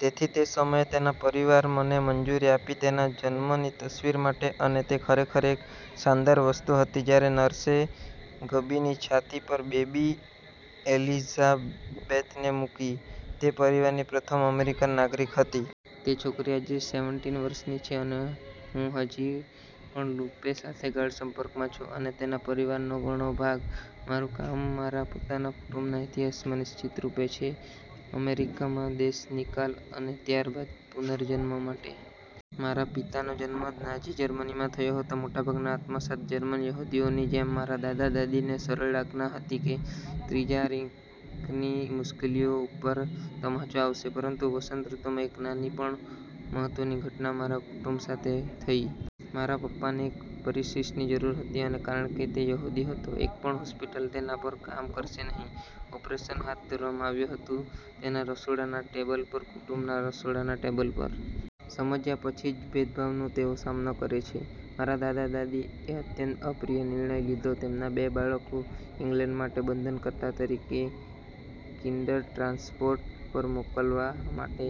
તેથી તે સમયે તેના પરિવારે મને મંજૂરી આપી તેના જન્મની તસ્વીર માટે અને તે ખરેખર એક શાનદાર વસ્તુ હતી જ્યારે નર્સે ગબીની છાતી પર બેબી એલિઝાબેથને મૂકી. તે પરિવારની પ્રથમ અમેરિકન નાગરિક હતી. તે છોકરી આજે સેવેનટીન વર્ષની છે અને હું હજી પણ લુપે સાથે ગાઢ સંપર્કમાં છું અને તેના પરિવારનો ઘણો ભાગ. મારું કામ મારા પોતાના કુટુંબના ઇતિહાસમાં નિશ્ચિતરૂપે છે અમેરિકામાં દેશનિકાલ અને ત્યારબાદ પુનર્જન્મ માટે. મારા પિતાનો જન્મ નાઝી જર્મનીમાં થયો હતો. મોટાભાગના આત્મસાત જર્મન યહૂદીઓની જેમ, મારા દાદા દાદીને સરળ આશા હતી કે ત્રીજા રીકની મુશ્કેલીઓ ઉપર તમાચો આવશે. પરંતુ વસંત ઋતુમાં એક નાની પણ મહત્વની ઘટના મારા કુટુંબ સાથે થયી. મારા પપ્પાને એક પરિશિષ્ટની જરૂર હતી અને કારણ કે તે યહૂદી હતો, એક પણ હોસ્પિટલ તેના પર કામ કરશે નહીં. ઓપરેશન હાથ ધરવામાં આવ્યું હતું તેના રસોડાના ટેબલ પર, કુટુંબના રસોડાના ટેબલ પર. સમજ્યા પછી જ ભેદભાવનો તેઓ સામનો કરે છે, મારા દાદા દાદી એ અત્યંત અપ્રિય નિર્ણય લીધો તેમના બે બાળકો ઇંગ્લેન્ડ માટે બંધનકર્તા તરીકે કિન્ડરટ્રાન્સપોર્ટ પર મોકલવા માટે.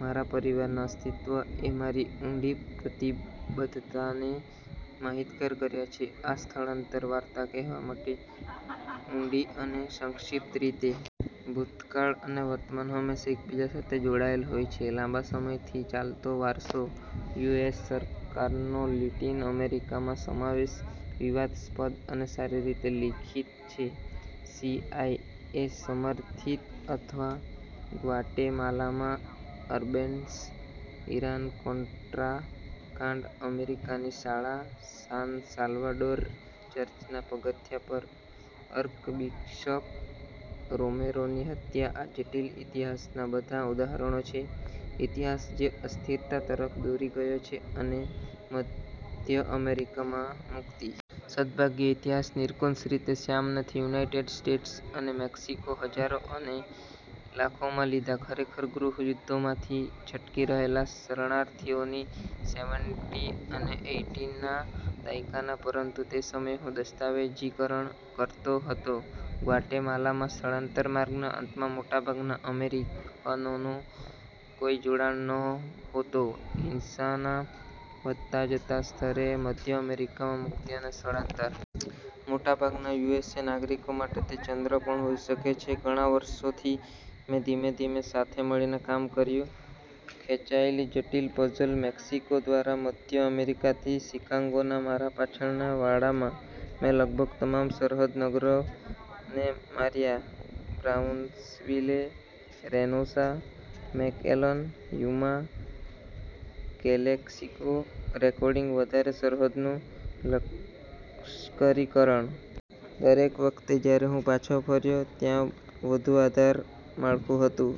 મારા પરિવારના અસ્તિત્વ એ મારી ઊંડી પ્રતિબદ્ધતાને માહિતગાર કર્યા છે આ સ્થળાંતર વાર્તા કહેવા માટે ઊંડી અને સંક્ષિપ્ત રીતે. ભૂતકાળ અને વર્તમાન હંમેશાં એકબીજા સાથે જોડાયેલા હોય છે. લાંબા સમયથી ચાલતો વારસો યુ.એસ સરકારનો લેટિન અમેરિકામાં સમાવેશ વિવાદસ્પદ અને સારી રીતે લિખિત છે. સીઆઈએ સમર્થિત બળવા ગ્વાટેમાલામાં અર્બેન્સ, ઈરાન-કોન્ટ્રા કાંડ, અમેરિકાની શાળા, સાન સાલ્વાડોર ચર્ચના પગથિયા પર આર્કબિશપ રોમેરોની હત્યા આ જટિલ ઇતિહાસના બધા ઉદાહરણો છે, ઇતિહાસ જે અસ્થિરતા તરફ દોરી ગયો છે અને મધ્ય અમેરિકામાં મુક્તિ. સદભાગ્યે, ઇતિહાસ નિરંકુશ રીતે શ્યામ નથી. યુનાઇટેડ સ્ટેટ્સ અને મેક્સિકો હજારો અને લાખોમાં લીધા. ખરેખર, ગૃહ યુદ્ધોમાંથી છટકી રહેલા શરણાર્થીઓની સેવેનટી અને એઈટીના દાયકાના પરંતુ તે સમયે હું દસ્તાવેજીકરણ કરતો હતો ગ્વાટેમાલામાં સ્થળાંતર માર્ગના અંતમાં, મોટાભાગના અમેરિકનોનો કોઈ જોડાણ નહોતો હિંસાના વધતા જતા સ્તરે, મધ્ય અમેરિકામાં મુક્તિ અને સ્થળાંતર. મોટાભાગના યુએસ નાગરિકો માટે તે ચંદ્ર પણ હોઈ શકે છે. ઘણા વર્ષોથી મેં ધીમે ધીમે સાથે મળીને કામ કર્યું ખેંચાયેલી જટિલ પઝલ મેક્સિકો દ્વારા મધ્ય અમેરિકાથી શિકાગોના મારા પાછળના વાડામાં. મેં લગભગ તમામ સરહદ નગરોને માર્યા Brownsville, Reynosa, McAllen, Yuma, Calexico recording વધારે સરહદનું લશ્કરીકરણ. દરેક વખતે જ્યારે હું પાછો ફર્યો, ત્યાં વધુ આધાર માળખું હતું.